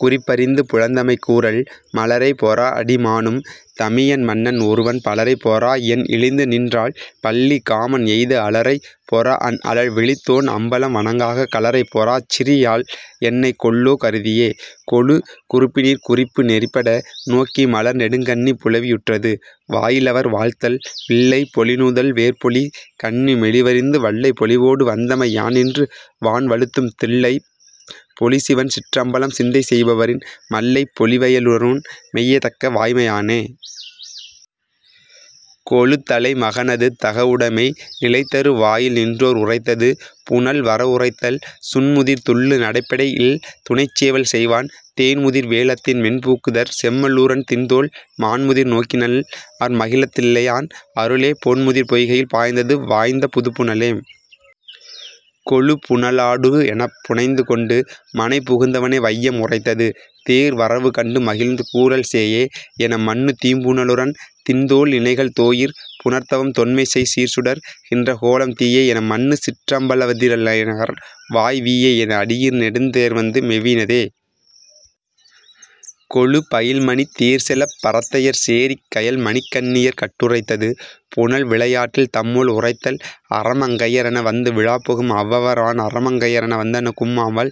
குறிப்பறிந்து புலந்தமை கூறல் மலரைப் பொறாஅடி மானும் தமியன்மன் னன்ஒருவன் பலரைப் பொறாஎன் இழிந்துநின் றாள்பள்ளி காமன்எய்த அலரைப் பொறாஅன் அழல்விழித் தோன்அம்பலம் வணங்காக் கலரைப் பொறாச்சிறி யாள்என்னை கொல்லோ கருதியதே.... கொளு குறப்பினிற் குறிப்பு நெறிப்பட நோக்கி மலர்நெடுங் கண்ணி புலவி யுற்றது.. வாயிலவர் வாழ்த்தல் வில்லைப் பொலிநுதல் வேற்பொலி கண்ணி மெலிவறிந்து வல்லைப் பொலிவொடு வந்தமை யான்நின்று வான்வழுத்தும் தில்லைப் பொலிசிவன் சிற்றம்பலம்சிந்தை செய்பவரின் மல்லைப் பொலிவய லூரன்மெய்யேதக்க வாய்மையனே.... கொளு தலை மகனது தகவுடைமை நிலைதரு வாயில் நின்றோர் உரைத்தது.. புனல் வரவுரைத்தல் சூன்முதிர் துள்ளு நடைப்பெடைக் இல்துணைச் சேவல் செய்வான் தேன்முதிர் வேழத்தின் மென்பூக்குதர் செம்ம லூரன் திண்தோள் மான்முதிர் நோக்கின்நல் லார்மகிழத் தில்லை யான் அருளே போன்முதிர் பொய்கையில் பாய்ந்தது வாய்ந்த புதுப்புனலே.... கொளு புனலா டுகஎனப் புனைந்து கொண்டு மனைபுகுந் தவனை வையம் உரைத்தது.. தேர் வரவு கண்டு மகிழ்ந்து கூறல் சேயே எனமன்னு தீம்புன லூரன்திண் தோள்இணைகள் தோயீர் புணர்தவம் தொன்மைசெய் தீர்சுடர் கின்றகோலம் தீயே எனமன்னு சிற்றம்பலவர்தில்லைந்நகர் வாய் வீயே எனஅடி யீர்நெடுந் தேர்வந்து மேவினதே.... கொளு பயில்மணித் தேர்செலப் பரத்தையர் சேரிக் கயல் மணிக் கண்ணியர் கட்டுரைத்தது.. புனல் விளையாட்டில் தம்முள் உரைத்தல் அரமங் கையரென வந்து விழாப்புகும் அவ்வவர்வான் அரமங் கையரென வந்தணு கும்அவள்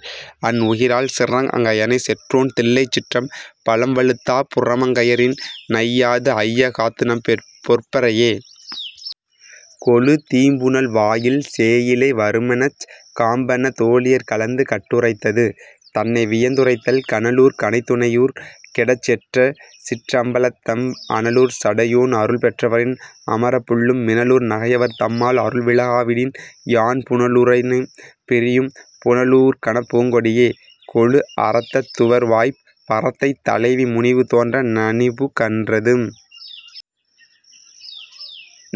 அன்உகிரால் சிரம்அங் அயனைச் செற்றோன் தில்லைச் சிற்றம் பலம்வழுத்தாப் புரமங் கையரின்நை யாதுஐய காத்துநம் பொற்பரையே.... கொளு தீம்புனல் வாயில் சேயிழை வருமெனச் காம்பன தோளியர் கலந்து கட்டுரைத்தது.. தன்னை வியந்துரைத்தல் கனலூர் கணைதுணை யூர்கெடச் செற்றசிற் றம்பலத்தெம் அனலூர் சடையோன் அருள்பெற் றவரின் அமரப்புல்லும் மினலூர் நகையவர் தம்பால் அருள்விலக் காவிடின்யான் புனலூ ரனைப் பிரி யும்புன லூர்கணப் பூங்கொடியே.... கொளு அரத்தத் துவர்வாய்ப் பரத்தைத் தலைவி முனிவு தோன்ற நனிபு கன்றது..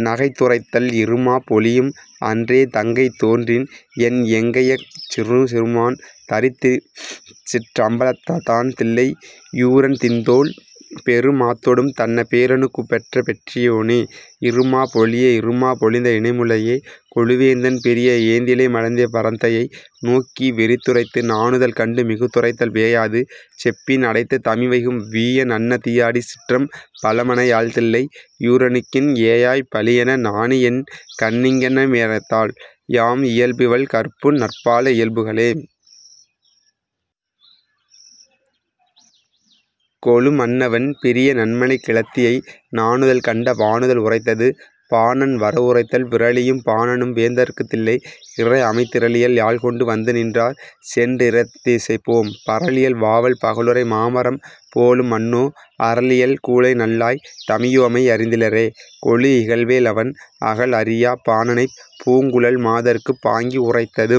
நகைத்துரைத்தல் இறுமாப் ஒழியும்அன் றேதங்கை தோன்றின்என் எங்கையங்கைச் சிறுமான் தரித்தசிற் றம்பலத் தான்தில்லை யூரன்திண்தோள்। பெறு மாத் தொடும்தன்ன பேரணுக் குப்பெற்ற பெற்றியனோ இறுமாப் ஒழிய இறுமாப் ஒழிந்த இணைமுலையே.... கொளு வேந்தன் பிரிய ஏந்திழை மடந்தை பரத்தையை நோக்கி விரித்து ரைத்தது.. நாணுதல் கண்டு மிகுத்துரைத்தல் வேயாது செப்பின் அடைத்துத் தமிவைகும் வீயன்அன்ன தீயாடி சிற்றம் பலமனை யாள்தில்லை யூரனுக்கின் ஏயாப் பழியென நாணியென் கண்ணிங்ங னேமறைத்தாள் யாயாம் இயல்பிவள் கற்புநற் பால இயல்புகளே.... கொளு மன்னவன் பிரிய நன்மனைக் கிழத்தியை நாணுதல் கண்ட வாணுதல் உரைத்தது.. பாணன் வரவுரைத்தல் விறலியும் பாணனும் வேந்தற்குத் தில்லை இறைஅமைத்த திறலியல் யாழ்கொண்டு வந்துநின் றார்சென் றிராத்திசைபோம் பறலியல் வாவல் பகலுறை மாமரம் போலும்மன்னோ அறலியல் கூழைநல் லாய் தமியோமை யறிந்திலரே.... கொளு இகல்வே லவன் அகல் அறியாப் பாணனைப் பூங்குழல் மாதர்க்குப் பாங்கி உரைத்தது..